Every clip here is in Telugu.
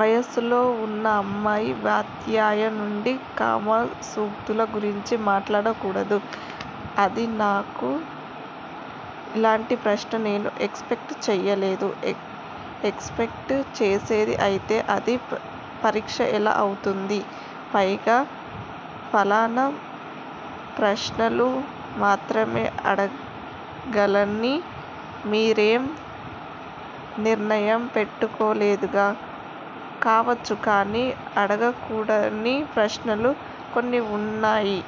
వయసులో వున్న అమ్మాయి వాత్స్యాయనుడి కామసూత్రాల గురించి మాట్లాడకూడదా? అది కాదు అలాంటి ప్రశ్న నేను ఎక్స్ పెక్ట్ చేయలేదు. ఎక్స్ పెక్ట్ చేసేదే అయితే అది పరీక్ష ఎలా అవుతుంది? పైగా ఫలానా ప్రశ్నలు మాత్రమే అడగాలని మీరేం నియమం పెట్టుకోలేదుగా? కావచ్చు కాని అడగకూడని ప్రశ్నలూ కొన్ని వున్నాయి.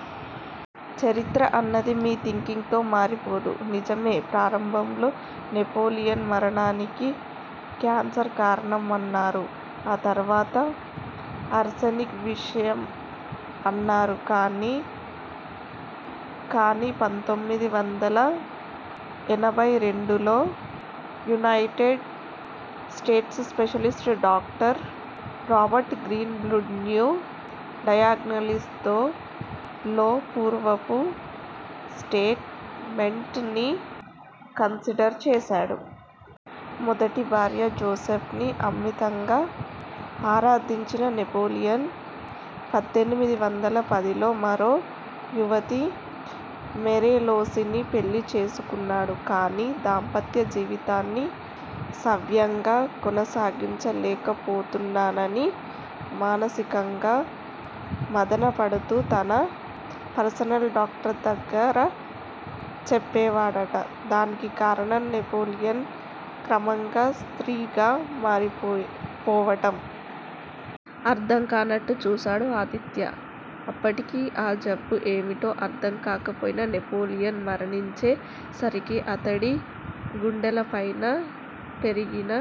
చరిత్ర అన్నది మీ థింకింగ్ తో మారిపోదు. నిజమే! ప్రారంభంలో నెపోలియన్ మరణానికి క్యాన్సర్ కారణమన్నారు. ఆ తర్వాత ఆర్సెనిక్ విషం అన్నారు కాని పంతొమ్మిది వందల ఎనబై రెండు లో United States specialist doctor Robert Green బ్లాబ్ న్యూ డయాగ్నిసిస్ లో పూర్వపు స్టేట్ మెంట్స్ ని కాంట్రాడిక్ట్ చేశాడు. మొదటి భార్య జోసెఫిన్ని అమితంగా ఆరాధించిన నెపోలియన్ పద్దెనిమిది వందల పది లో మరో యువతి మేరేలోసీని పెళ్ళి చేసుకున్నాడు. కాని దాంపత్య జీవితాన్ని సవ్యంగా కొనసాగించలేకపోతున్నానని మానసికంగా మధన పడుతూ తన పర్సనల్ డాక్టర్ దగ్గర చెప్పేవాడట. దానికి కారణం నెపోలియన్ క్రమంగా స్త్రీగా మారిపోవడం. అర్ధంకానట్టు చూశాడు ఆదిత్య. అప్పటికి ఆ జబ్బు ఏమిటో అర్ధం కాకపోయినా, నెపోలియన్ మరణించే సరికి అతడి గుండెలపైన పెరిగిన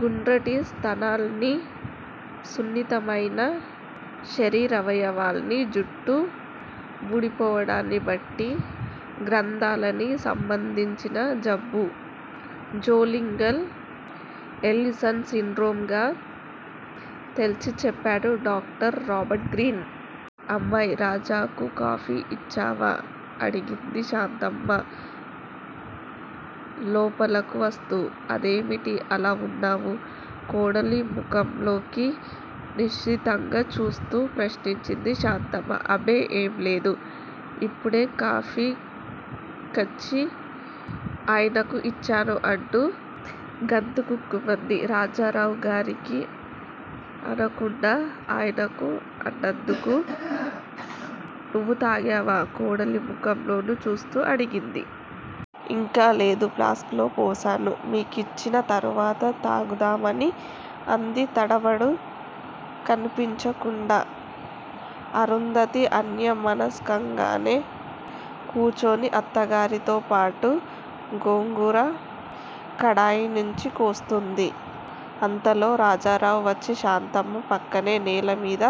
గుండ్రటి స్థనాల్నీ, సున్నితమైన శరీరావయవాల్నీ, జుట్టు వూడిపోవడాన్ని బట్టి గ్రంథులకి సంబంధించిన జబ్బు 'జోలింగర్ ఎల్లిసన్ సిండ్రోమ్' గా తేల్చి చెప్పాడు డాక్టర్ రాబర్ట్ గ్రీన్. అమ్మాయ్! రాజాకు కాఫీ ఇచ్చావా? అడిగింది శాంతమ్మ లోపలకు వస్తూ. అదేమిటి అలా వున్నావు? కోడలి ముఖంలోకి నిశితంగా చూస్తూ ప్రశ్నించింది శాంతమ్మ. అబ్బే! ఏంలేదు. ఇప్పుడే కాఫీకాచి ఆయనకు ఇచ్చాను అంటూ గతుక్కుమంది, రాజారావుగారికి అనకుండా ఆయనకు అన్నందుకు. నువ్వు తాగావా? కోడలి ముఖంలోకి చూస్తూ అడిగింది. ఇంకా లేదు ఫ్లాస్కులో పోశాను, మీకిచ్చిన తరవాత తాగుదామని అంది తడబాటు కనిపించకుండా. అరుంధతి అన్యమనస్కంగానే కూచుని అత్తగారితో పాటు గోంగూర కాడల్నుంచి కోస్తూంది. అంతలో రాజారావు వచ్చి శాంతమ్మ పక్కనే నేల మీద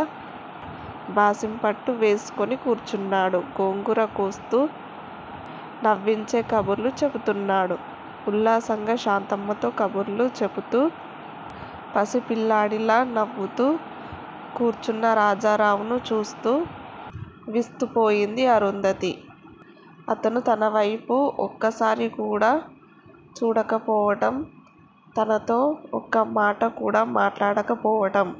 బాసింపట్టు వేసుక్కూర్చున్నాడు. గోంగూర కోస్తూ నవ్వించే కబుర్లు చెబుతున్నాడు. ఉల్లాసంగా శాంతమ్మతో కబుర్లు చెబుతూ పసి పిల్లవాడిలా నవ్వుతూ కూచున్న రాజారావును చూస్తూ విస్తుపోయింది అరుంధతి. అతను తనవైపు ఒక్కసారికూడా చూడకపోవటం, తనతో ఒక్కమాట కూడా మాట్లాడకపోవటం